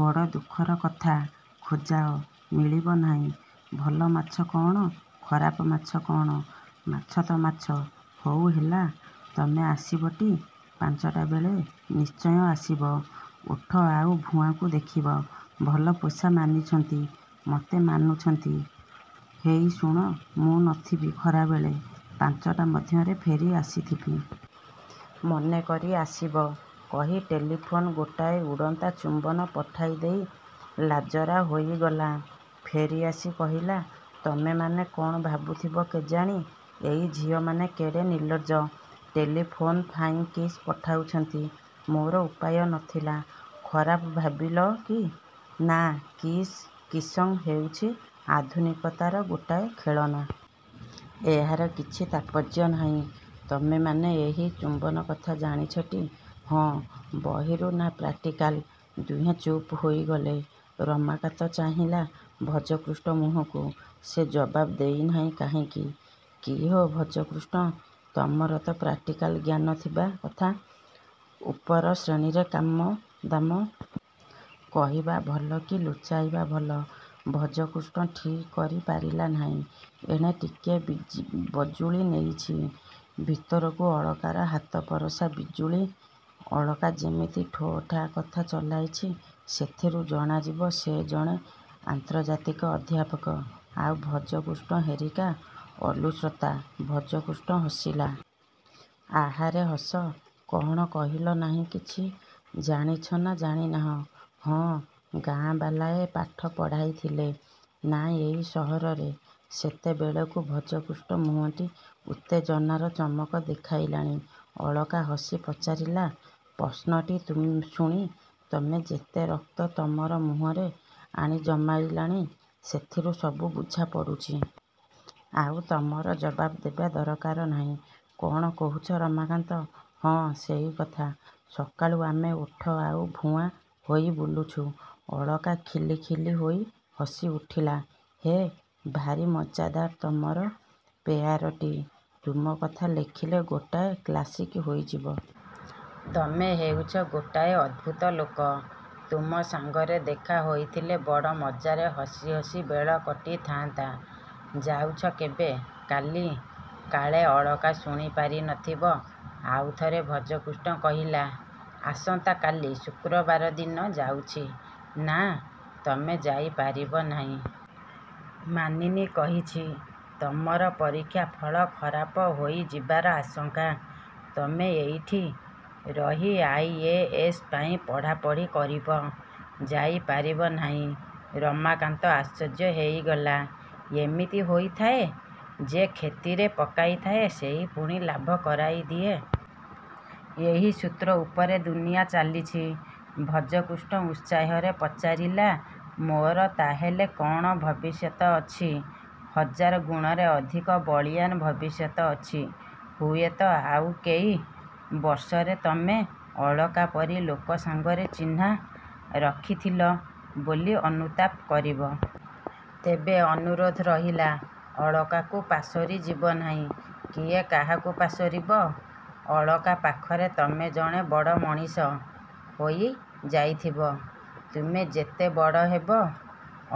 ବଡ଼ ଦୁଃଖର କଥା। ଖୋଜାଅ-। -ମିଳିବ ନାହିଁ? ଭଲ ମାଛ କ'ଣ ଖରାପ ମାଛ କ'ଣ? -ମାଛ ତ ମାଛ। -ହଉ ହେଲା-। ତମେ ଆସିବଟି ପାଞ୍ଚଟା ବେଳେ। -ନିଶ୍ଚୟ ଆସିବ। ଓଧ ଆଉ-ଭୁଆଁଙ୍କୁ ଦେଖିବ। ଭଲ ପୋଷା ମାନିଛନ୍ତି। ମତେ ମାନୁଛନ୍ତି ହେଇ ଶୁଣ, ମୁଁ ନଥିବି ଖରାବେଳେ-ପାଞ୍ଚଟା ମଧ୍ୟରେ ଫେରି ଆସିଥିବି। ମନେକରି ଆସିବ। କହି ଟେଲିଫୋନ୍ରେ ଗୋଟାଏ ଉଡ଼ନ୍ତା ଚୁମ୍ବନ ପଠାଇ ଦେଇ ଲାଜରା ହୋଇଗଲା। -ଫେରିଆସି କହିଲା-ତମେମାନେ କ'ଣ ଭାବୁଥିବ କେଜାଣି? ଏଇ ଝିଅମାନେ କେଡ଼େ ନିର୍ଲଜ? ଟେଲିଫୋନ୍ରେ ଫ୍ଲାଇଙ୍ଗ୍ କିସ୍ ପଠାଉଛନ୍ତି। ମୋର ଉପାୟ ନ ଥିଲା। ଖରାପ ଭାବିଲ କି? -ନା- -କିସ୍-କିସିଙ୍ଗ ହେଉଛି ଆଧୁନିକତାର ଗୋଟାଏ ଖେଳନା। ଏହାର କିଛି ତାତ୍ପର୍ଯ୍ୟ ନାହିଁ। ତମେମାନେ ଏହି ଚୁମ୍ବନ କଥା ଜାଣିଛ ଟି। -ହଁ। -ବହିରୁ? ନା-ପ୍ରାକଟିକାଲ? ଦିହେଁ ଚୁପ୍ ହୋଇଗଲେ-ରମାକାନ୍ତ ଚାହିଁଲା ଭଜକୃଷ୍ଣ ମୁହଁକୁ ସେ ଜବାବ ଦେଉ ନାହିଁ କାହିଁକି? -କିହୋ ଭଜକୃଷ୍ଣ-ତମର ତ ପ୍ରାକଟିକାଲ ଜ୍ଞାନ ଥିବା କଥା। ଉପର ଶ୍ରେଣୀର କାମ ଦାମ। କହିବା ଭଲ କି ଲୁଚାଇବା ଭଲ-ଭଜକୃଷ୍ଣ ଠିକ୍ କରି ପାରିଲା ନାହିଁ। ଏଣେ ଟିକିଏ ବଜୁଳି ନେଇଛି ଭିତରକୁ-ଅଳକାର ହାତପରସା ବିଜୁଳି। ଅଳକା ଯେମିତି ଠୋ ଠା କଥା ଚଳାଇଛି ସେଥିରୁ ଜଣାଯିବ ସେ ଜଣେ ଆନ୍ତର୍ଜାତିକ ଅଧ୍ୟାପକ ଆଉ ଭଜକୃଷ୍ଣ ହେରିକା ଓଲୁଶ୍ରୋତା। -ଭଜକୃଷ୍ଣ ହସିଲା। -ଆହାରେ ହସ। କ'ଣ କହିଲ ନାହିଁ କିଛି? ଜାଣିଛ ନା ଜାଣି ନାହଁ? -ହଁ। -ଗାଁ ବାଲାଏ ପାଠ ପଢ଼ାଇଥିଲେ ନା ଏଇ ସହରରେ? ସେତେବେଳକୁ ଭଜକୃଷ୍ଣ ମୁହଁଟି ଉତ୍ତେଜନାର ଚମକ ଦେଖାଇଲାଣି। ଅଳକା ହସି ପଚାରିଲା-ପ୍ରଶ୍ନଟି ଶୁଣି ତମେ ଯେତେ ରକ୍ତ ତମର ମୁହଁରେ ଆଣି ଜମାଇଲାଣି, ସେଥିରୁ ସବୁ ବୁଝାପଡ଼ୁଛି। ଆଉ ତମର ଜବାବ ଦେବା ଦରକାର ନାହିଁ। କ'ଣ କହୁଛ-ରମାକାନ୍ତ? -ହଁ, ସେଇକଥା। ସକାଳୁ ଆମେ ଓଧ ଆଉ ଭୁଆଁ ହୋଇ ବୁଲୁଛୁ। ଅଳକା ଖିଲିଖିଲ୍ ହୋଇ ହସି ଉଠିଲା। -ହେ, ଭାରି ମଜ୍ଜାଦାର ତମର ପେଆରଟି। ତୁମ କଥା ଲେଖିଲେ ଗୋଟାଏ କ୍ଲାସିକ୍ ହୋଇଯିବ। ତମେ ହେଉଛ ଗୋଟାଏ ଅଦ୍ଭୁତ ଲୋକ। ତୁମ ସାଙ୍ଗରେ ଦେଖା ହୋଇଥିଲେ ବଡ଼ ମଜ୍ଜାରେ ହସି ହସି ବେଳ କଟିଥାନ୍ତା। ଯାଉଛ କେବେ? -କାଲି। -କାଳେ ଅଳକା ଶୁଣି ପାରି ନ ଥିବ ଆଉ ଥରେ ଭଜକୃଷ୍ଣ କହିଲା-ଆସନ୍ତା କାଲି ଶୁକ୍ରବାର ଦିନ ଯାଉଛି। -ନା, ତମେ ଯାଇ ପାରିବ ନାହିଁ। ମାନିନୀ କହିଛି ତମର ପରୀକ୍ଷା ଫଳ ଖରାପ ହୋଇଯିବାର ଆଶଙ୍କା। ତମେ ଏଇଠି ରହି ଆଇ. ଏ. ଏସ୍. ପାଇଁ ପଢ଼ାପଢ଼ି କରିବ। ଯାଇ ପାରିବ ନାହିଁ। ରମାକାନ୍ତ ଆଶ୍ଚର୍ଯ୍ୟ ହୋଇଗଲା। -ଏମିତି ହୋଇଥାଏ। ଯେ କ୍ଷତିରେ ପକାଇଥାଏ ସେହି ପୁଣି ଲାଭ କରାଇ ଦିଏ। ଏହି ସୂତ୍ର ଉପରେ ଦୁନିଆଁ ଚାଲିଛି। ଭଜକୃଷ୍ଣ ଉତ୍ସାହରେ ପଚାରିଲା-ମୋର ତାହାହେଲେ କ'ଣ ଭବିଷ୍ୟତ ଅଛି? -ହଜାର ଗୁଣରେ ଅଧିକ ବଳିୟାନ୍ ଭବିଷ୍ୟତ ଅଛି। ହୁଏତ ଆଉ କେଇ ବର୍ଷରେ ତମେ ଅଳକା ପରି ଲୋକ ସାଙ୍ଗରେ ଚିହ୍ନା ରଖି ଥିଲ ବୋଲି ଅନୁତାପ କରିବ। ତେବେ ଅନୁରୋଧ ରହିଲା-ଅଳକାକୁ ପାଶୋରି ଯିବ ନାହିଁ। -କିଏ କାହାକୁ ପାଶୋରିବ? -ଅଳକା ପାଖରେ ତମେ ଜଣେ ବଡ଼ ମଣିଷ ହୋଇ ଯାଇଥିବ। ତୁମେ ଯେତେ ବଡ଼ ହେବ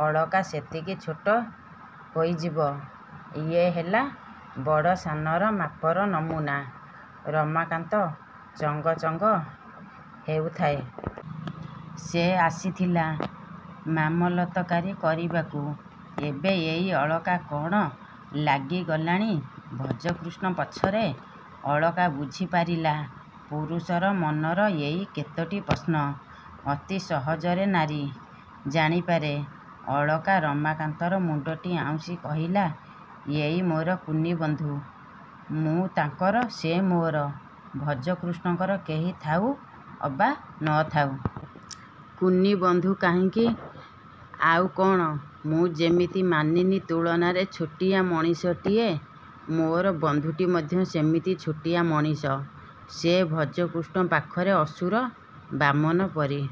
ଅଳକା ସେତିକି ଛୋଟ ହୋଇଯିବ। -ଇଏ ହେଲା ବଡ଼-ସାନର ମାପର ନମୁନା। ରମାକାନ୍ତ ଚଙ୍ଗ ଚଙ୍ଗ ହେଉଥାଏ। ସେ ଆସିଥିଲା ମାମଲତକାରି କରିବାକୁ। ଏବେ ଏଇ ଅଳକା କ'ଣ ଲାଗିଗଲାଣି ଭଜକୃଷ୍ଣ ପଛରେ। ଅଳକା ବୁଝିପାରିଲା। ପୁରୁଷର ମନର ଏଇ କେତୋଟି ପ୍ରଶ୍ନ ଅତି ସହଜରେ ନାରୀ ଜାଣିପାରେ। ଅଳକା ରମାକାନ୍ତର ମୁଣ୍ଡଟି ଆଉଁସି କହିଲା-ଏଇ ମୋର କୁନି ବନ୍ଧୁ। ମୁଁ ତାଙ୍କର-ସେ ମୋର ଭଜକୃଷ୍ଣଙ୍କର କେହି ଥାଉ ଅବା ନ ଥାଉ। -କୁନି ବନ୍ଧୁ କାହିଁକି? -ଆଉ କ'ଣ? ମୁଁ ଯେମିତି ମାନିନୀ ତୁଳନାରେ ଛୋଟିଆ ମଣିଷଟିଏ-ମୋର ବନ୍ଧୁଟି ମଧ୍ୟ ସେମିତି ଛୋଟିଆ ମଣିଷ। ସେ ଭଜକୃଷ୍ଣ ପାଖରେ ଅସୁର-ବାମନ ପରି।